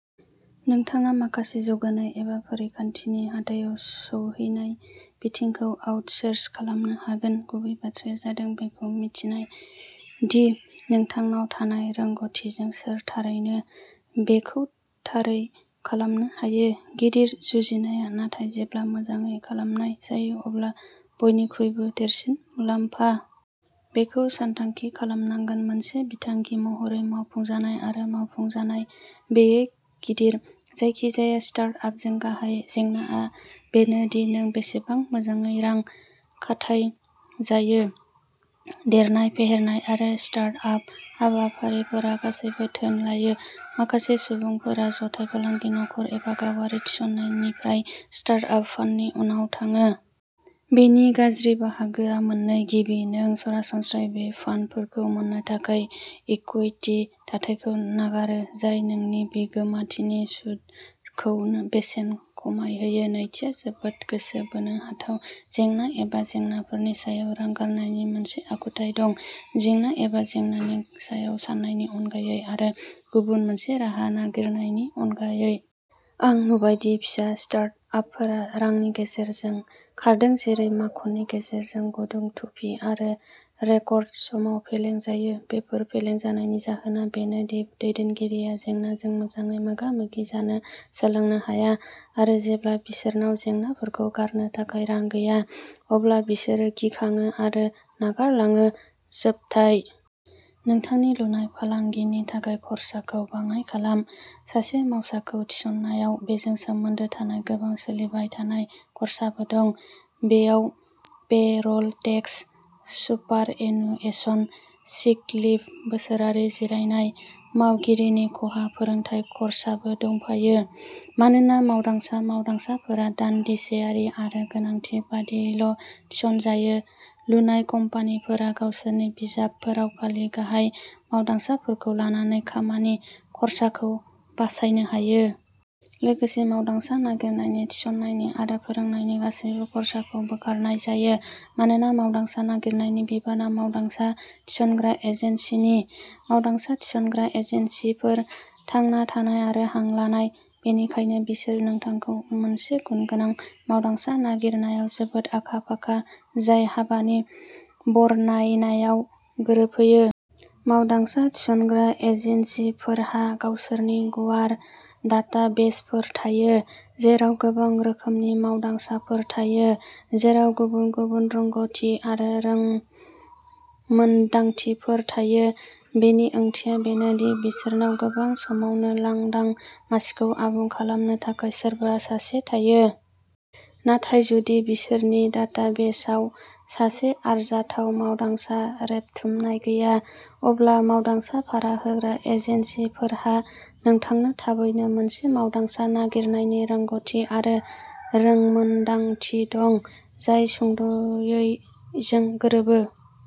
नोंथाङा माखासे जौगानाय एबा फारिखान्थिनि "हाथायाव सौहैनाय" बिथिंखौ आउटसोर्स खालामनो हागोन-गुबै बाथ्राया जादों बेखौ मिन्थिनाय दि नोंथांनाव थानाय रोंग'थिजों सोर थारैनो बेखौ थारै खालामनो हायो। गिदिर जुजिनाया नाथाय जेब्ला मोजाङै खालामनाय जायो अब्ला बयनिख्रुइबो देरसिन मुलाम्फा। बेखौ सानथांखि खालामनांगोन। मोनसे बिथांखि महरै मावफुंजानाय आरो मावफुंजानाय। बेयो गिदिर। जायखिजाया स्टार्ट आपजों गाहाय जेंनाआ बेनो दि नों बेसेबां मोजाङै रां खाथायजायो? देरनाय, फेहेरनाय आरो स्टार्ट आप हाबाफारिफोरा गासैबो धोन लायो। माखासे सुबुंफोरा जथाय फालांगि, नखर एबा गावारि थिसननायनिफ्राय "स्टार्ट आप फान्ड" नि उनाव थाङो। बेनि गाज्रि बाहागोआ मोननै। गिबि, नों सरासनस्रायै बे फान्डफोरखौ मोननो थाखाय इकुइटि थाथायखौ नागारो, जाय नोंनि बिगोमाथिनि सुदखौ बेसेन खमायहोयो। नैथिआ जोबोद गोसो बोनो हाथाव-जेंना एबा जेंनाफोरनि सायाव रां गारनायनि मोनसे आखुथाय दं, जेंना एबा जेंनानि सायाव साननायनि अनगायै आरो गुबुन मोनसे राहा नागिरनायनि अनगायै। आं नुबाय दि फिसा स्टार्ट-आपफोरा रांनि गेजेरजों खारदों जेरै माखननि गेजेरजों गुदुं थुफि आरो रेकर्ड समाव फेलें जायो। बेफोर फेलें जानायनि जाहोना बेनो दि दैदेनगिरिया जेंनाजों मोजाङै मोगा-मोगि जानो सोलोंनो हाया। आरो जेब्ला बिसोरनाव जेंनाफोरखौ गारनो थाखाय रां गैया, अब्ला बिसोरो गिखाङो आरो नागारलाङो-जोबथाय। नोंथांनि लुनाय फालांगिनि थाखाय खर्साखौ बाङाय खालाम। सासे मावसाखौ थिसननायाव बेजों सोमोन्दो थानाय गोबां सोलिबाय थानाय खर्साबो दं। बेयाव payroll tax, superannuation, sick leave, बोसोरारि जिरायनाय, मावगिरिनि खहा, फोरोंथाय खर्साबो दंफायो। मानोना मावदांसा मावदांसाफोरा दानदिसेयारि आरो गोनांथि बादियैल'थिसनजायो, लुनाय कम्पानिफोरा गावसोरनि बिजाबफोराव खालि गाहाय मावदांसाफोरखौ लानानै खामानि खर्साखौ बासायनो हायो। लोगोसे, मावदांसा नागिरनायनि, थिसननायनि आरो फोरोंनायनि गासैबो खर्साखौ बोखारनाय जायो, मानोना मावदांसा नागिरनायनि बिबानआ मावदांसा थिसनग्रा एजेन्सिनि। मावदांसा थिसनग्रा एजेन्सिफोर, थांना थानाय आरो हां लानाय, बेनिखायनो बिसोर नोंथांखौ मोनसे गुनगोनां मावदांसा नागिरनायाव जोबोद आखा-फाखा जाय हाबानि बरनायनायाव गोरोबहोयो। मावदांसा थिसनग्रा एजेन्सिफोरहा गावसोरनि गुवार डाटाबेसफोर थायो, जेराव गोबां रोखोमनि मावदांसाफोर थायो, जेराव गुबुन गुबुन रोंग'थि आरो रोंमोनदांथिफोर थायो। बेनि ओंथिया बेनो दि बिसोरनाव गोबां समावनो लांदां मासिखौ आबुं खालामनो थाखाय सोरबा सासे थायो। नाथाय, जुदि बिसोरनि डाटाबेसाव सासे आरजाथाव मावदांसा रेबथुमनाय गैया, अब्ला मावदांसा भारा होग्रा एजेन्सिफोरहा नोंथांनो थाबैनो मोनसे मावदांसा नागिरनायनि रोंग'थि आरो रोंमोन्दांथि दं, जाय सुंद'यैजों गोरोबो।